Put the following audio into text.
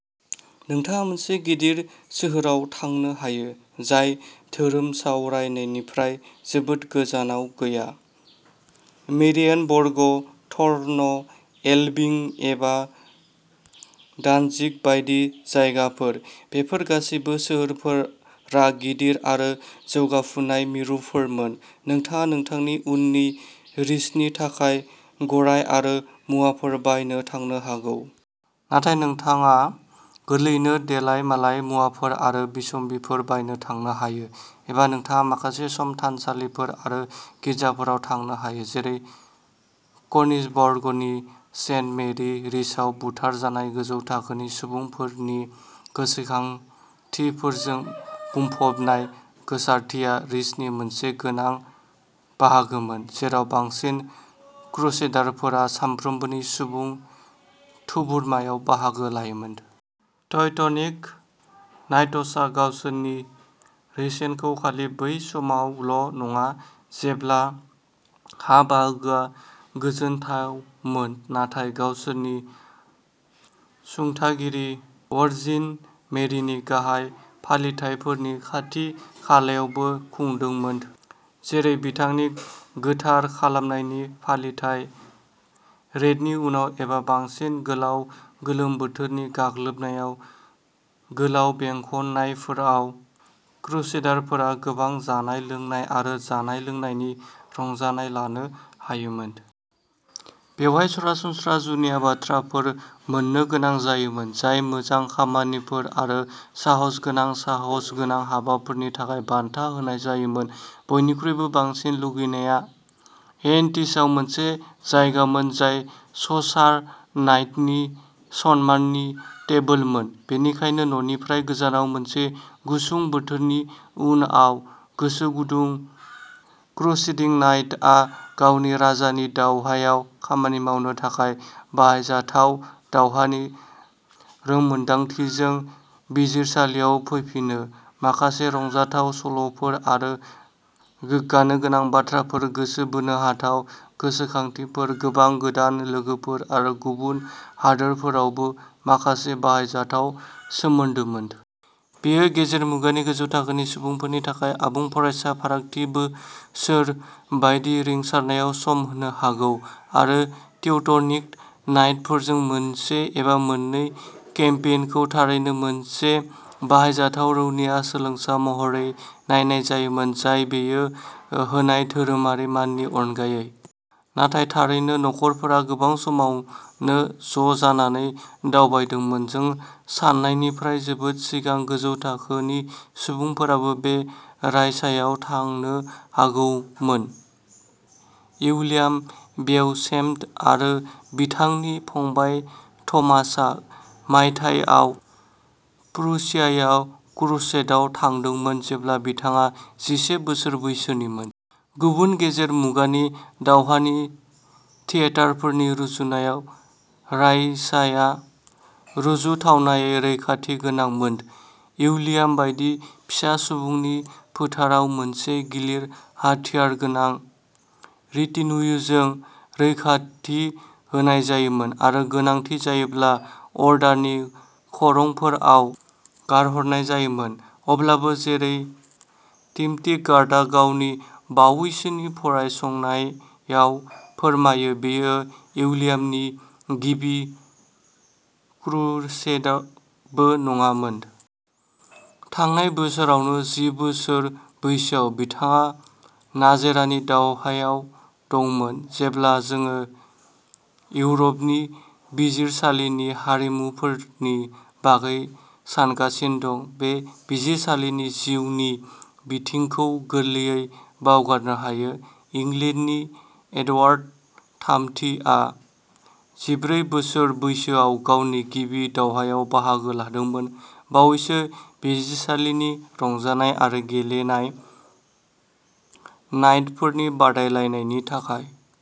नोंथाङा मोनसे गिदिर सोहोराव थांनो हायो, जाय धोरोमसावरायनिफ्राय जोबोद गोजानाव गैयाः मेरियेनबर्ग, थर्न, एलबिं एबा दानजिग बायदि जायगाफोर। बेफोर गासैबो सोहोरफोरा गिदिर आरो जौगाफुनाय मिरुफोरमोन। नोंथाङा नोंथांनि उननि रिसनि थाखाय गराय आरो मुवाफोर बायनो थांनो हागौ। नाथाय नोंथाङा गोरलैयैनो देलायमालाय मुवाफोर आरो बिसम्बिफोर बायनो थांनो हायो। एबा नोंथाङा माखासे सम थानसालिफोर आरो गिर्जाफोराव थांनो हायो, जेरै कनिरबर्गनि सेन्ट मेरि, रिसआव बुथारजानाय गोजौ थाखोनि सुबुंफोरनि गोसोखांथिफोरजों बुंफबनाय। गोसारथिया रिसनि मोनसे गोनां बाहागोमोन, जेराव बांसिन क्रुसेडारफोरा सानफ्रोमबोनि सुबुं थुबुरमायाव बाहागो लायोमोन। ट्यूटनिक नाइट्सआ गावसोरनि रिसेनखौ खालि बै समावल'नङा, जेब्ला हा बाहागोआ गोजोनथावमोन, नाथाय गावसोरनि सुंथागिरि, वर्जिन मेरिनि गाहाय फालिथायफोरनि खाथि-खालायावबो खुंदोंमोन, जेरै बिथांनि गोथार खालामनायनि फालिथाइ। रेइडनि उनाव, एबा बांसिन गोलाव गोलोम बोथोरनि गाग्लोबनायाव, गोलाव बेंखननायफोराव, क्रुसेडारफोरा गोबां जानाय-लोंनाय आरो जानाय-लोंनायनि रंजानाय लानो हायोमोन। बेवहाय सरासनस्रा जुनिया बाथ्राफोर मोन्नो गोनां जायोमोन, जाय मोजां खामानिफोर आरो साहसगोनां साहसगोनां हाबाफोरनि थाखाय बान्था होनाय जायोमोन। बयनिख्रुइबो बांसिन लुबैनाया एह्रेन्टिशआव मोनसे जायगामोन, जाय चसार नाइटनि सन्माननि टेबोलमोन। बेनिखायनो न'निफ्राय गोजानाव मोनसे गुसुं बोथोरनि उनाव, गोसोगुदुं क्रुसेडिं नाइटआ गावनि राजानि दावहायाव खामानि मावनो थाखाय बाहायजाथाव'दावहानि रोंमोनदांथि'जों बिजिरसालियाव फैफिनो, माखासे रंजाथाव सल'फोर आरो गोग्गानो गोनां बाथ्राफोर, गोसो बोनो हाथाव गोसोखांथिफोर, गोबां गोदान लोगोफोर आरो गुबुन हादोरफोरावबो माखासे बाहायजाथाव सोमोन्दोमोन। बेयो गेजेर मुगानि गोजौ थाखोनि सुबुंफोरनि थाखाय आबुं फरायसा फारागथि बोसोर बायदि रिंसारनायाव सम होनो हागौ। आरो टिउटनिक नाइटफोरजों मोनसे एबा मोननै केम्पेइनखौ थारैनो मोनसे बाहायजाथाव रौनिया सोलोंसा महरै नायनाय जायोमोन, जाय बेयो होनाय धोरोमारि माननि अनगायै। नाथाय थारैनो, नखरफोरा गोबां समावनो ज'जानानै दावबायदोंमोन। जों सान्नायनिफ्राय जोबोद सिगां गोजौ थाखोनि सुबुंफोराबो बे रायसाव थांनो हागौमोन। उइलियाम बेउचेम्प आरो बिथांनि फंबाय थमासआ मायथाइयाव प्रुसियायाव क्रुसेडआव थांदोंमोन, जेब्ला बिथाङा जिसे बोसोर बैसोनिमोन। गुबुन गेजेर मुगानि दावहानि थियेटारफोरनि रुजुनायाव, रायसाया रुजुथावनायै रैखाथि गोनांमोनः उइलियाम बायदि फिसा सुबुंनि फोथाराव मोनसे गिलिर-हाथियारगोनां रिटिन्युजों रैखाथि होनाय जायोमोन, आरो गोनांथि जायोब्ला अर्डारनि खरंफोराव गारहरनाय जायोमोन। अब्लाबो जेरै टिमथि गार्डआ गावनि बावैसोनि फरायसंनायाव फोरमायो, बेयो उइलियामनि गिबि क्रुसेडबो नङामोन। थांनाय बोसोरावनो, जि बोसोर बैसोआव, बिथाङा नाजेरानि दावहायाव दंमोन। जेब्ला जों इउर'पनि बिजिरसालिनि हारिमुफोरनि बागै सानगासिनो दं, बे बिजिरसालिनि जिउनि बिथिंखौ गोरलैयै बावगारनो हायो। इंलेन्डनि एडवार्ड थामथिआ जिब्रै बोसोर बैसोआव गावनि गिबि दावहायाव बाहागो लादोंमोन। बावैसो बिजिरसालिनि रंजानाय आरो गेलेनाय नाइटफोरनि बादायलायनायनि थाखाय।